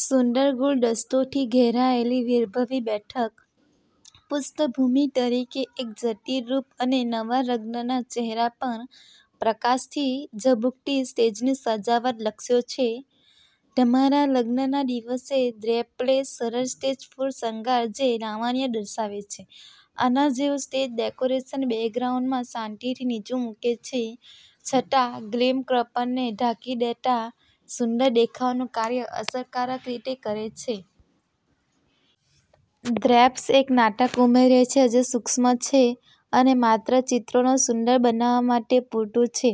સુંદર ગુલદસ્તોથી ઘેરાયેલી વૈભવી બેઠક, પૃષ્ઠભૂમિ તરીકે એક જટિલ રૂપ અને નવા લગ્નના ચહેરા પર પ્રકાશની ઝબૂકતી સ્ટેજની સજાવટ લક્ષ્યો છે. તમારા લગ્નના દિવસે ડ્રેપ પ્લે સરળ સ્ટેજ ફૂલ શણગાર જે લાવણ્ય દર્શાવે છે આના જેવું સ્ટેજ ડેકોરેશન બેકગ્રાઉન્ડમાં શાંતિથી નીચું મૂકે છે છતાં ગ્લેમ કપલને ઢાંકી દેતા સુંદર દેખાવાનું કાર્ય અસરકારક રીતે કરે છે. ડ્રેપ્સ એક નાટક ઉમેરે છે જે સૂક્ષ્મ છે અને માત્ર ચિત્રોને સુંદર બનાવવા માટે પૂરતું છે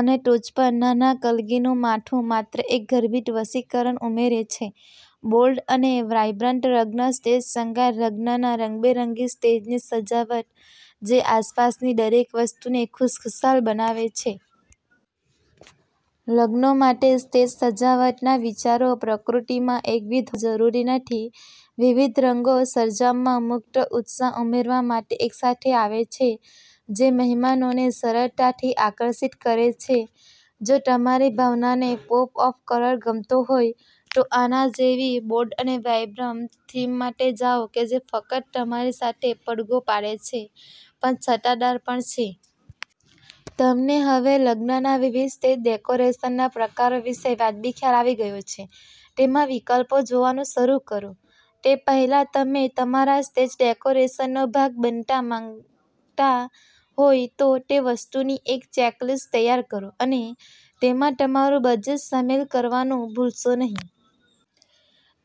અને ટોચ પર નાના કલગીનું માથું માત્ર એક ગર્ભિત વશીકરણ ઉમેરે છે. બોલ્ડ અને વાઇબ્રન્ટ લગ્ન સ્ટેજ શણગાર લગ્નના રંગબેરંગી સ્ટેજની સજાવટ જે આસપાસની દરેક વસ્તુને ખુશખુશાલ બનાવે છે. લગ્નો માટે સ્ટેજ સજાવટના વિચારો પ્રકૃતિમાં એકવિધ જરૂરી નથી. વિવિધ રંગો સરંજામમાં મુક્ત ઉત્સાહ ઉમેરવા માટે એકસાથે આવે છે જે મહેમાનોને સરળતાથી આકર્ષિત કરે છે. જો તમારી ભાવનાને પોપ ઓફ કલર ગમતો હોય, તો આના જેવી બોલ્ડ અને વાઇબ્રન્ટ થીમ માટે જાઓ કે જે ફક્ત તમારી સાથે પડઘો પાડે છે પણ છટાદાર પણ છે. તમને હવે લગ્નના વિવિધ સ્ટેજ ડેકોરેશનના પ્રકારો વિશે વાજબી ખ્યાલ આવી ગયો છે. તમે વિકલ્પો જોવાનું શરૂ કરો તે પહેલાં તમે તમારા સ્ટેજ ડેકોરેશનનો ભાગ બનવા માંગતા હો તે વસ્તુઓની એક ચેકલિસ્ટ તૈયાર કરો અને તેમાં તમારું બજેટ સામેલ કરવાનું ભૂલશો નહીં.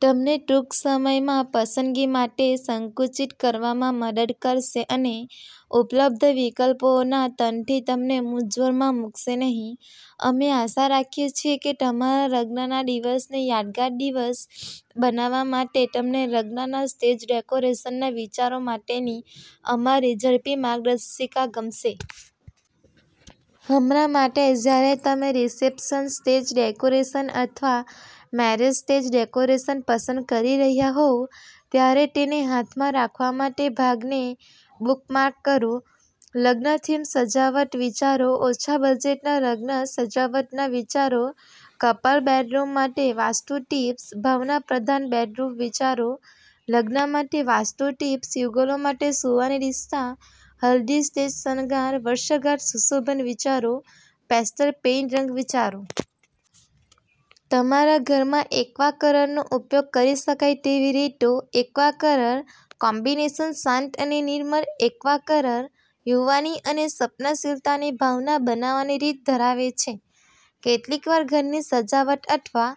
તમને ટૂંક સમયમાં પસંદગી માટે સંકુચિત કરવામાં મદદ કરશે અને ઉપલબ્ધ વિકલ્પોના ટનથી તમને મૂંઝવણમાં મૂકશે નહીં. અમે આશા રાખીએ છીએ કે તમારા લગ્નના દિવસને યાદગાર દિવસ બનાવવા માટે તમને લગ્નના સ્ટેજ ડેકોરેશનના વિચારો માટેની અમારી ઝડપી માર્ગદર્શિકા ગમશે. હમણાં માટે, જ્યારે તમે રિસેપ્શન સ્ટેજ ડેકોરેશન અથવા મેરેજ સ્ટેજ ડેકોરેશન પસંદ કરી રહ્યાં હોવ ત્યારે તેને હાથમાં રાખવા માટે ભાગને બુકમાર્ક કરો. લગ્ન થીમ સજાવટ વિચારો, ઓછા બજેટના લગ્ન સજાવટના વિચારો, કપલ બેડરૂમ માટે વાસ્તુ ટિપ્સ, ભાવનાપ્રધાન બેડરૂમ વિચારો, લગ્ન માટે વાસ્તુ ટિપ્સ, યુગલો માટે સૂવાની દિશા, હલ્દી સ્ટેજ શણગાર, વર્ષગાંઠ સુશોભન વિચારો, પેસ્ટલ પેઇન્ટ રંગ વિચારો. તમારા ઘરમાં એક્વા કલરનો ઉપયોગ કરી શકાય તેવી રીતો. એક્વા કલર કોમ્બિનેશન શાંત અને નિર્મળ, એક્વા કલર યુવાની અને સ્વપ્નશીલતાની ભાવના બનાવવાની રીત ધરાવે છે. કેટલીક વાર ઘરની સજાવટ અથવા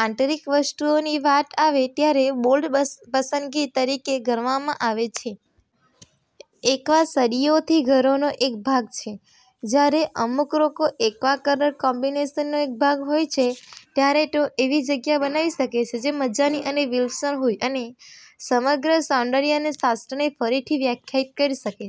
આંતરિક વસ્તુઓની વાત આવે ત્યારે બોલ્ડ પસંદગી તરીકે ગણવામાં આવે છે. એક્વા સદીઓથી ઘરોનો એક ભાગ છે. જ્યારે અમુક રંગો એક્વા કલર કોમ્બિનેશનનો એક ભાગ હોય છે, ત્યારે તેઓ એવી જગ્યા બનાવી શકે છે જે મજાની અને વિલક્ષણ હોય અને સમગ્ર સૌંદર્ય શાસ્ત્રને ફરીથી વ્યાખ્યાયિત કરી શકે.